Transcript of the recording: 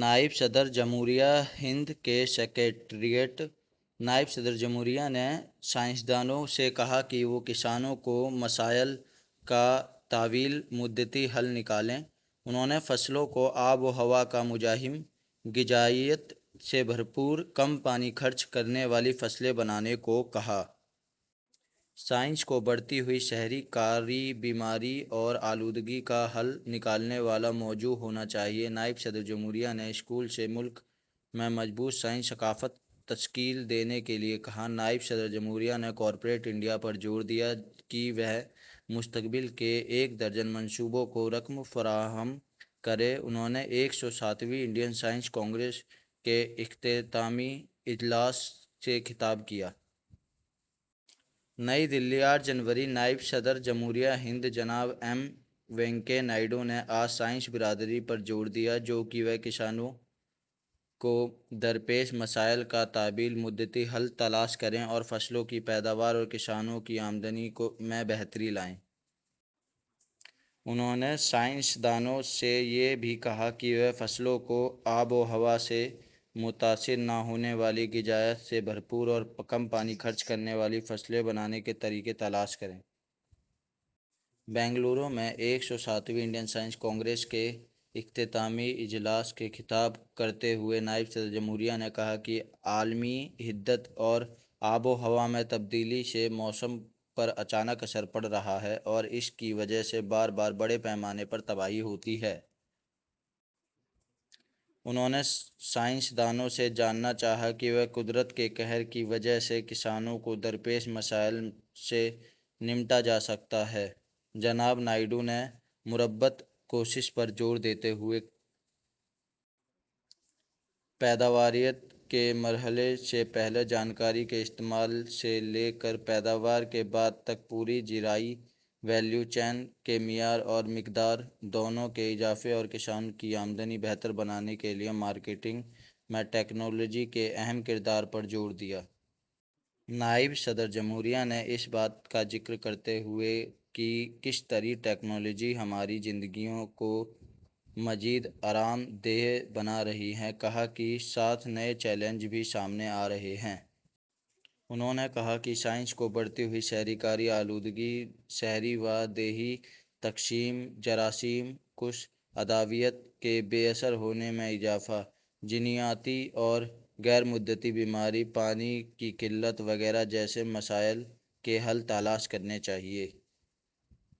نائب صدر جمہوریہ ہند کا سکریٹریٹ نائب صدر جمہوریہ نے سائنس دانوں سے کہا کہ وہ کسانوں کے مسائل کا طویل مدتی حل نکالیں انہوں نے فصلوں کو آب و ہوا کا مزاحم، غذائیت سے بھرپور اور کم پانی خرچ کرنے والی فصلیں بنانے کے لیے کہا۔ سائنس کو بڑھتی ہوئی شہری کاری، بیماریوں اور آلودگی کا حل نکالنے والا موضوع ہونا چاہیے نائب صدر جمہوریہ نے اسکولوں سے ملک میں مضبوط سائنسی ثقافت تشکیل دینے کے لیے کہا نائب صدر جمہوریہ نے کارپوریٹ انڈیا پر زور دیا کہ وہ مستقبل کے ایک درجن منصوبوں کو رقم فراہم کریں انہوں نے ایک سو ساتویں انڈین سائنس کانگریس کے اختتامی اجلاس سے خطاب کیا۔ نئی دہلی، آٹھ جنوری: نائب صدر جمہوریہ ہند جناب ایم وینکیا نائیڈو نے آج سائنسی برادری پر زور دیا کہ وہ کسانوں کو درپیش مسائل کا طویل مدتی حل تلاش کریں اور فصلوں کی پیداوار اور کسانوں کی آمدنی میں بہتری لائیں۔ انہوں نے سائنس دانوں سے یہ بھی کہا کہ وہ فصلوں کو آب و ہوا سے متاثر نہ ہونے والی، غذائیت سے بھرپور اور کم پانی خرچ کرنے والی فصلیں بنانے کے طریقے تلاش کریں۔ بنگلورو میں ایک سو ساتویں انڈین سائنس کانگریس کے اختتامی اجلاس سے خطاب کرتے ہوئے نائب صدر جمہوریہ نے کہا کہ عالمی حدت اور آب و ہوا میں تبدیلی سے موسم پر اچانک اثر پڑ رہا ہے اور اس کی وجہ سے بار بار بڑے پیمانے پر تباہی ہوتی ہے۔ انہوں نے سائنس دانوں سے جاننا چاہا کہ کیا قدرت کے قہر کی وجہ سے کسانوں کو درپیش مسائل سے نمٹا جا سکتا ہے۔ جناب نائیڈو نے مربوط کوششوں پر زور دیتے ہوئے پیداواریت کے مرحلے سے پہلے جانکاری کے استعمال سے لے کر پیداوار کے بعد تک پوری زرعی ویلیو چین کے معیار اور مقدار، دونوں میں اضافے اور کسانوں کی آمدنی بہتر بنانے کے لیے مارکیٹنگ میں ٹیکنالوجی کے اہم کردار پر زور دیا۔ نائب صدر جمہوریہ نے اس بات کا ذکر کرتے ہوئے کہ کس طرح ٹیکنالوجی ہماری زندگیوں کو مزید آرام دہ بنا رہی ہے، کہا کہ سات نئے چیلنج بھی سامنے آ رہے ہیں۔ انہوں نے کہا کہ سائنس کو بڑھتی ہوئی شہری کاری، آلودگی، شہری و دیہی تقسیم، جراثیم کش ادویات کے بے اثر ہونے میں اضافہ، جینیاتی اور غیر متعدی بیماریوں، پانی کی قلت وغیرہ جیسے مسائل کے حل تلاش کرنے چاہئیں۔